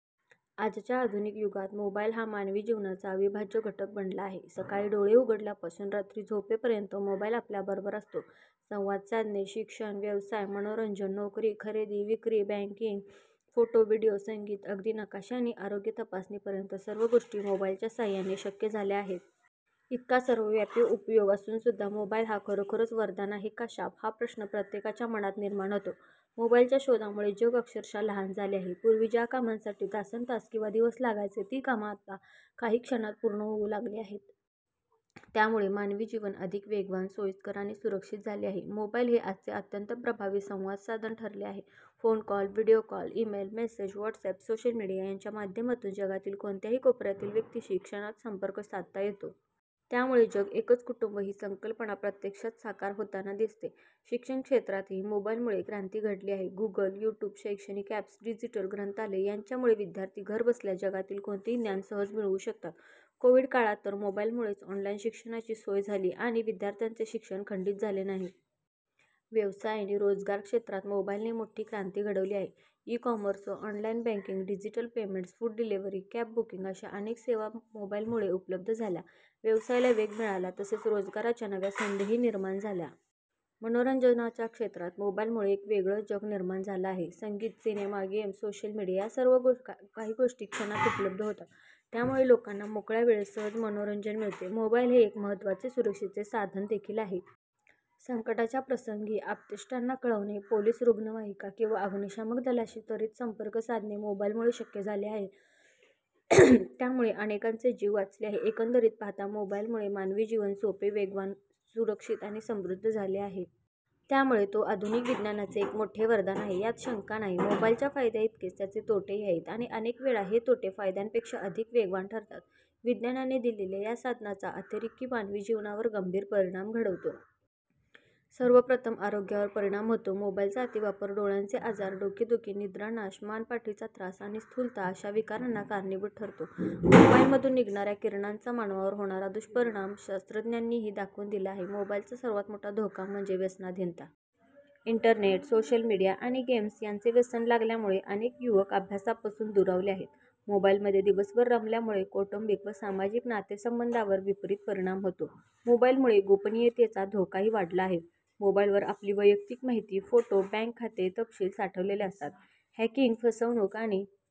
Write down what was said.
आजच्या आधुनिक युगात मोबाईल हा मानवी जीवनाचा अविभाज्य घटक बनला आहे. सकाळी डोळे उघडल्यापासून रात्री झोपेपर्यंत मोबाईल आपल्याबरोबर असतो. संवाद साधणे, शिक्षण, व्यवसाय, मनोरंजन, नोकरी, खरेदी विक्री, बँकिंग, फोटो व्हिडिओ, संगीत, अगदी नकाशे आणि आरोग्य तपासणीपर्यंत सर्व गोष्टी मोबाईलच्या साहाय्याने शक्य झाल्या आहेत. इतका सर्वव्यापी उपयोग असूनसुद्धा मोबाईल हा खरोखरच वरदान आहे का शाप, हा प्रश्न प्रत्येकाच्या मनात निर्माण होतो. मोबाईलच्या शोधामुळे जग अक्षरशः लहान झाले आहे. पूर्वी ज्या कामांसाठी तासन्तास किंवा दिवस लागायचे, ती कामे आता काही क्षणांत पूर्ण होऊ लागली आहेत. त्यामुळे मानवी जीवन अधिक वेगवान, सोयीस्कर आणि सुरक्षित झाले आहे. मोबाईल हे आजचे अत्यंत प्रभावी संवादसाधन ठरले आहे. Phone call, video call, email, message, WhatsApp, social media यांच्या माध्यमातून जगातील कोणत्याही कोपऱ्यातील व्यक्तीशी क्षणात संपर्क साधता येतो. त्यामुळे जग एकच कुटुंब ही संकल्पना प्रत्यक्षात साकार होताना दिसते. शिक्षण क्षेत्रातही मोबाईलमुळे क्रांती घडली आहे. गूगल, यूट्यूब, शैक्षणिक अॅप्स, डिजिटल ग्रंथालय यांच्यामुळे विद्यार्थी घरबसल्या जगातील कोणतेही ज्ञान सहज मिळवू शकतात. कोविड काळात तर मोबाईलमुळेच ऑनलाईन शिक्षणाची सोय झाली आणि विद्यार्थ्यांचे शिक्षण खंडित झाले नाही. व्यवसाय आणि रोजगार क्षेत्रात मोबाईलने मोठी क्रांती घडवली आहे. E commerce, online banking, digital payments, food delivery, cab booking अशा अनेक सेवा मोबाईलमुळे उपलब्ध झाल्या. व्यवसायाला वेग मिळाला तसेच रोजगाराच्या नव्या संधीही निर्माण झाल्या. मनोरंजनाच्या क्षेत्रात मोबाईलमुळे एक वेगळेच जग निर्माण झाले आहे. संगीत, सिनेमा, गेम्स, सोशल मीडिया या सर्व गोष्टी काही क्षणांत उपलब्ध होतात. त्यामुळे लोकांना मोकळ्या वेळात सहज मनोरंजन मिळते. मोबाईल हे एक महत्त्वाचे सुरक्षेचे साधन देखील आहे. संकटाच्या प्रसंगी आप्तेष्टांना कळवणे, पोलिस, रुग्णवाहिका किंवा अग्निशमन दलाशी त्वरित संपर्क साधणे मोबाईलमुळे शक्य झाले आहे. त्यामुळे अनेकांचे जीव वाचले आहेत. एकंदरीत पाहता मोबाईलमुळे मानवी जीवन सोपे, वेगवान, सुरक्षित आणि समृद्ध झाले आहे. त्यामुळे तो आधुनिक विज्ञानाचे एक मोठे वरदान आहे, यात शंका नाही. मोबाईलच्या फायद्यांइतकेच त्याचे तोटेही आहेत आणि अनेक वेळा हे तोटे फायद्यांपेक्षा अधिक धोकादायक ठरतात. विज्ञानाने दिलेल्या या साधनाचा अतिरेक मानवी जीवनावर गंभीर परिणाम घडवतो. सर्वप्रथम आरोग्यावर परिणाम होतो. मोबाईलचा अतिवापर डोळ्यांचे आजार, डोकेदुखी, निद्रानाश, मान पाठीचा त्रास आणि स्थूलता अशा विकारांना कारणीभूत ठरतो. मोबाईलमधून निघणाऱ्या किरणांचा मानवावर होणारा दुष्परिणाम शास्त्रज्ञांनीही दाखवून दिला आहे. मोबाईलचा सर्वात मोठा धोका म्हणजे व्यसनाधीनता. इंटरनेट, सोशल मीडिया आणि गेम्स यांचे व्यसन लागल्यामुळे अनेक युवक अभ्यासापासून दुरावले आहेत. मोबाईलमध्ये दिवसभर रमल्यामुळे कौटुंबिक व सामाजिक नातेसंबंधांवर विपरीत परिणाम होतो. मोबाईलमुळे गोपनीयतेचा धोकाही वाढला आहे. मोबाईलवर आपली वैयक्तिक माहिती, फोटो, बँक खाते तपशील साठवलेले असतात. हॅकिंग, फसवणूक आणि